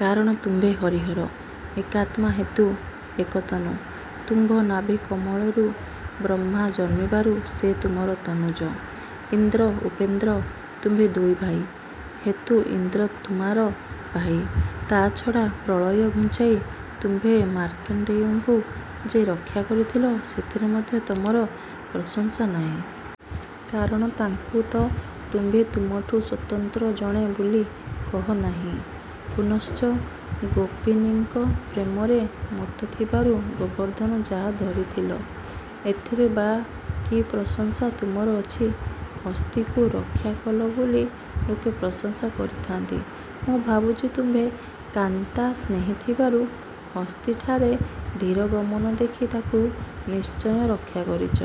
କାରଣ ତୁମ୍ଭେ ହରିହର ଏକାତ୍ମା ହେତୁ ଏକତନୁ। ତୁମ୍ଭ ନାଭୀ କମଳରୁ ବ୍ରହ୍ମା ଜନ୍ମିବାରୁ ସେ ତୁମର ତନୁଜ। ଇନ୍ଦ୍ର ଉପେନ୍ଦ୍ର ତୁମ୍ଭେ ଦୁଇଭାଇ ହେତୁ ଇନ୍ଦ୍ର ତୁମାର ଭାଇ। ତା ଛଡ଼ା ପ୍ରଳୟ ଘୁଞ୍ଚାଇ ତୁମ୍ଭେ ମାର୍କଣ୍ଡେୟଙ୍କୁ ଯେ ରକ୍ଷା କରିଥିଲ ସେଥିରେ ମଧ୍ୟ ତମର ପ୍ରଶଂସା ନାହିଁ। କାରଣ ତାଙ୍କୁ ତ ତୁମ୍ଭେ ତୁମଠୁ ସ୍ୱତନ୍ତ୍ର ଜଣେ ବୋଲି କହ ନାହିଁ। ପୁନଶ୍ଚ ଗୋପୀନୀଙ୍କ ପ୍ରେମରେ ମତ୍ତ ଥିବାରୁ ଗୋବର୍ଦ୍ଧନ ଯାହା ଧରିଥିଲ, ଏଥିରେ ବା କି ପ୍ରଶଂସା ତୁମର ଅଛି? ହସ୍ତୀକୁ ରକ୍ଷା କଲ ବୋଲି ଲୋକେ ପ୍ରଶଂସା କରିଥାନ୍ତି। ମୁଁ ଭାବୁଛି ତୁମ୍ଭେ କାନ୍ତା ସ୍ନେହୀ ଥିବାରୁ ହସ୍ତୀଠାରେ ଧୀର ଗମନ ଦେଖି ତାକୁ ନିଶ୍ଚୟ ରକ୍ଷା କରିଚ।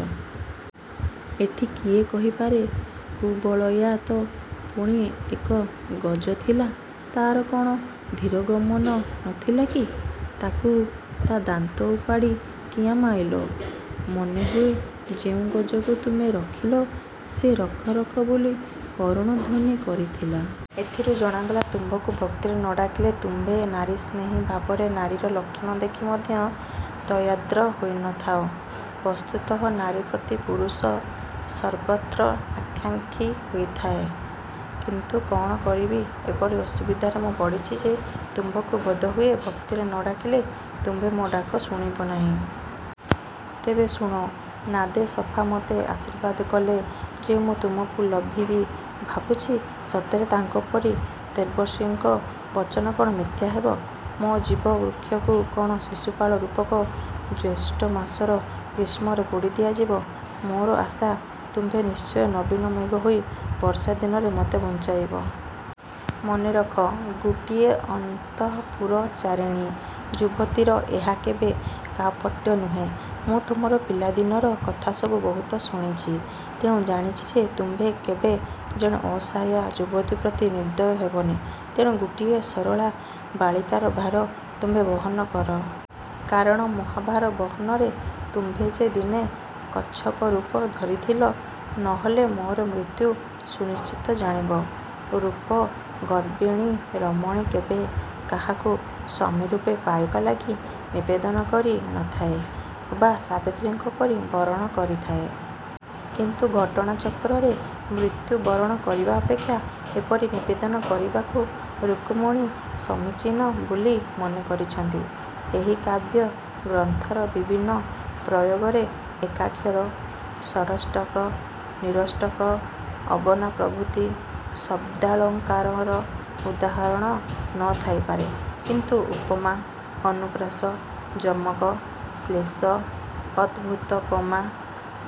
ଏଠି କିଏ କହିପାରେ, କୁବଳୟା ତ ପୁଣି ଏକ ଗଜ ଥିଲା। ତା'ର କ'ଣ ଧୀର ଗମନ ନ ଥିଲା କି? ତାକୁ ତା ଦାନ୍ତ ଉପାଡ଼ି କିଆଁ ମାଇଲ? ମନେ ହୁଏ ଯେଉଁ ଗଜକୁ ତୁମେ ରଖିଲ ସେ ରଖ ରଖ ବୋଲି କରୁଣ ଧ୍ୱନି କରିଥିଲା। ଏଥିରୁ ଜଣାଗଲା ତୁମ୍ଭଙ୍କୁ ଭକ୍ତିରେ ନ ଡାକିଲେ ତୁମ୍ଭେ ନାରୀ ସ୍ନେହୀ ଭାବରେ ନାରୀର ଲକ୍ଷଣ ଦେଖି ମଧ୍ୟ ଦୟାର୍ଦ୍ର ହୋଇ ନ ଥାଅ। ବସ୍ତୁତଃ ନାରୀ ପ୍ରତି ପୁରୁଷ ସର୍ବତ୍ର ଆକାଙ୍କ୍ଷୀ ହୋଇଥାଏ। କିନ୍ତୁ କଣ କରିବି ଏପରି ଅସୁବିଧାରେ ମୁଁ ପଡ଼ିଛି ଯେ ତୁମ୍ଭଙ୍କୁ ବୋଧହୁଏ ଭକ୍ତିରେ ନ ଡାକିଲେ ତୁମ୍ଭେ ମୋ ଡାକ ଶୁଣିବ ନାହିଁ। ତେବେ ଶୁଣ- ନାଦେ ସଫା ମତେ ଆଶୀର୍ବାଦ କଲେ ଯେ ମୁଁ ତୁମକୁ ଲଭିବି। ଭାବୁଛି, ସତରେ ତାଙ୍କ ପରି ଦେବର୍ଷିଙ୍କ ବଚନ କଣ ମିଥ୍ୟା ହେବ? - ମୋ ଜୀବ ବୃକ୍ଷକୁ କଣ ଶିଶୁପାଳ ରୂପକ ଜ୍ୟେଷ୍ଠ ମାସର ଗ୍ରୀଷ୍ମରେ ପୋଡ଼ି ଦିଆଯିବ? ମୋର ଆଶା, ତୁମ୍ଭେ ନିଶ୍ଚୟ ନବୀନ ମେଘ ହୋଇ ବର୍ଷାଦିନରେ ମୋତେ ବଞ୍ଚାଇବ। ମନେ ରଖ, ଗୋଟିଏ ଅନ୍ତଃପୁରଚାରିଣୀ ଯୁବତୀର ଏହା କେବେ କାପଟ୍ୟ ନୁହେଁ। ମୁଁ ତୁମର ପିଲା ଦିନର କଥା ସବୁ ବହୁତ ଶୁଣିଛି। ତେଣୁ ଜାଣିଛି ଯେ- ତୁମ୍ଭେ କେବେ ଜଣେ ଅସହାୟା ଯୁବତୀ ପ୍ରତି ନିର୍ଦ୍ଦୟ ହେବନି। ତେଣୁ ଗୋଟିଏ ସରଳା ବାଳିକାର ଭାର ତୁମ୍ଭେ ବହନ କର। କାରଣ ମହା ଭାର ବହନରେ ତୁମ୍ଭେ ଯେ ଦିନେ କଚ୍ଛପ ରୁପ ଧରିଥିଲ? ନ ହେଲେ ମୋର ମୃତ୍ୟୁ ସୁନିଶ୍ଚିତ ଜାଣିବ। ରୂପ ଗର୍ବିଣୀ ରମଣୀ କେବେ କାହାକୁ ସ୍ୱାମୀ ରୂପେ ପାଇବା ଲାଗି ନିବେଦନ କରି ନ ଥାଏ। ଅବା ସାବିତ୍ରୀଙ୍କ ପରି ବରଣ କରିଥାଏ। କିନ୍ତୁ ଘଟଣା ଚକ୍ରରେ ମୃତ୍ୟୁ ବରଣ କରିବା ଅପେକ୍ଷା ଏପରି ନିବେଦନ କରିବାକୁ ରୁକ୍ମିଣୀ ସମୀଚୀନ ବୋଲି ମନେ କରିଛନ୍ତି। ଏହି କାବ୍ୟ ଗ୍ରନ୍ଥର ବିଭିନ୍ନ ପ୍ରୟୋଗରେ ଏକାକ୍ଷର, ସଡ଼ଷ୍ଠକ, ନିରୋଷ୍ଠକ, ଅବନା ପ୍ରଭୃତି ଶବ୍ଦାଳଙ୍କାରର ଉଦାହରଣ ନ ଥାଇପାରେ; କିନ୍ତୁ ଉପମା, ଅନୁପ୍ରାସ, ଯମକ, ଶ୍ଳେଷ, ଅଦଭୁତୋପମା,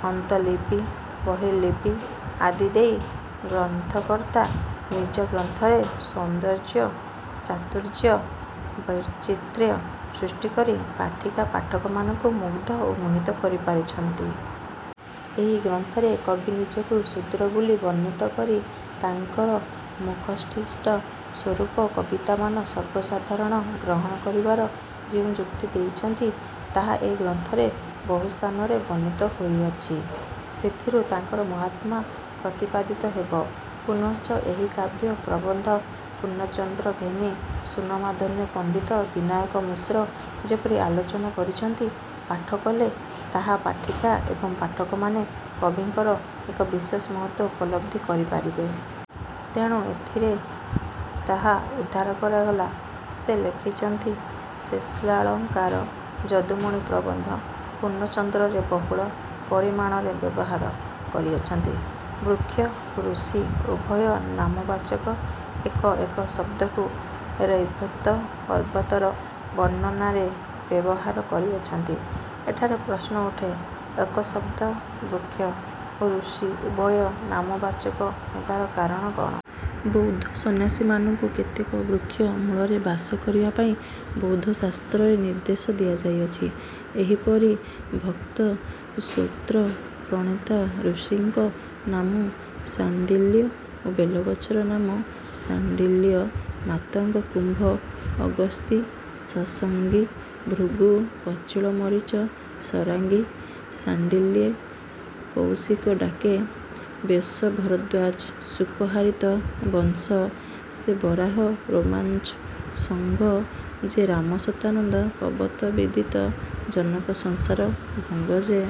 ଅନ୍ତର୍ଲିପି, ବହିର୍ଲିପି ଆଦି ଦେଇ ଗ୍ରନ୍ଥକର୍ତ୍ତା ନିଜ ଗ୍ରନ୍ଥରେ ସୌନ୍ଦର୍ଯ୍ୟ, ଚାତୁର୍ଯ୍ୟ ବୈଚିତ୍ର୍ୟ ସୃଷ୍ଟି କରି ପାଠିକା ପାଠକମାନଙ୍କୁ ମୁଗ୍ଧ ଓ ମୋହିତ କରି ପାରିଛନ୍ତି। ଏହି ଗ୍ରନ୍ଥରେ କବି ନିଜକୁ ଶୁଦ୍ର ବୋଲି ବର୍ଣ୍ଣିତ କରି ତାଙ୍କର ମୁଖୋଚ୍ଛିଷ୍ଟ ସ୍ୱରୂପ କବିତାମାନ ସର୍ବସାଧାରଣ ଗ୍ରହଣ କରିବାର ଯେଉଁ ଯୁକ୍ତି ଦେଇଛନ୍ତି ତାହା ଏ ଗ୍ରନ୍ଥରେ ବହୁ ସ୍ଥାନରେ ବର୍ଣ୍ଣିତ ହୋଇଅଛି। ସେଥିରୁ ତାଙ୍କର ମାହାତ୍ମ୍ୟ ପ୍ରତିପାଦିତ ହେବ। ପୁନଶ୍ଚ ଏହି କାବ୍ୟ ପ୍ରବନ୍ଧ-ପୂର୍ଣ୍ଣଚନ୍ଦ୍ର ଘେନି ସ୍ୱନାମଧନ୍ୟ ପଣ୍ଡିତ ବିନାୟକ ମିଶ୍ର ଯେପରି ଆଲୋଚନା କରିଛନ୍ତି, ପାଠ କଲେ ତାହା ପାଠିକା ଏବଂ ପାଠକମାନେ କବିଙ୍କର ଏକ ବିଶେଷ ମହତ୍ୱ ଉପଲବ୍ଧି କରିପାରିବେ। ତେଣୁ ଏଥିରେ ତାହା ଉଦ୍ଧାର କରାଗଲା। ସେ ଲେଖିଛନ୍ତି - ''ଶ୍ଲେଷାଳଙ୍କାର, ଯଦୁମଣି ପ୍ରବନ୍ଧ ପୂର୍ଣ୍ଣଚନ୍ଦ୍ରରେ ବହୁଳ ପରିମାଣରେ ବ୍ୟବହାର କରିଅଛନ୍ତି। ବୃକ୍ଷ ଓ ଋଷି ଉଭୟ ନାମବାଚକ ଏକ ଏକ ଶବ୍ଦକୁ ରୈବତ ପର୍ବତର ବର୍ଣ୍ଣନାରେ ବ୍ୟବହାର କରିଅଛନ୍ତି। ଏଠାରେ ପ୍ରଶ୍ନ ଉଠେ, ଏକ ଶବ୍ଦ ବୃକ୍ଷ ଓ ଋଷି ଉଭୟ ନାମବାଚକ ହେବାର କାରଣ କଣ? ବୌଦ୍ଧ ସନ୍ନ୍ୟାସୀମାନଙ୍କୁ କେତେକ ବୃକ୍ଷ ମୂଳରେ ବାସ କରିବା ପାଇଁ ବୌଦ୍ଧ ଶାସ୍ତ୍ରରେ ନିର୍ଦ୍ଦେଶ ଦିଆଯାଇଅଛି। ଏହିପରି ଭକ୍ତ ସୂତ୍ର ପ୍ରଣେତା ଋଷିଙ୍କ ନାମ ଶାଣ୍ଡିଲ୍ୟ ଓ ବେଲଗଛର ନାମ ସାଣ୍ଡିଲ୍ୟ। ମାତଙ୍ଗ କୁମ୍ଭ ଅଗସ୍ତୀ ସଂସଗୀ ଭୃଗୁ କଚିଳ ମରିଚ ସରାଗୀ ଶାଣ୍ଡିଲ୍ୟେ କଉଶିକ ଡ଼ାକେ ବ୍ୟାସ ଭରଦ୍ୱାଜ ଶୁକ ହାରିତ ବଂଶ ସେ ବରାହ ରୋମାଞ୍ଚ ସଙ୍ଗ ଯେ ରାମ ଶତାନନ୍ଦ ପବତ ବିଦିତ ଜନକ ସଂସାର ଭଙ୍ଗ ଯେ।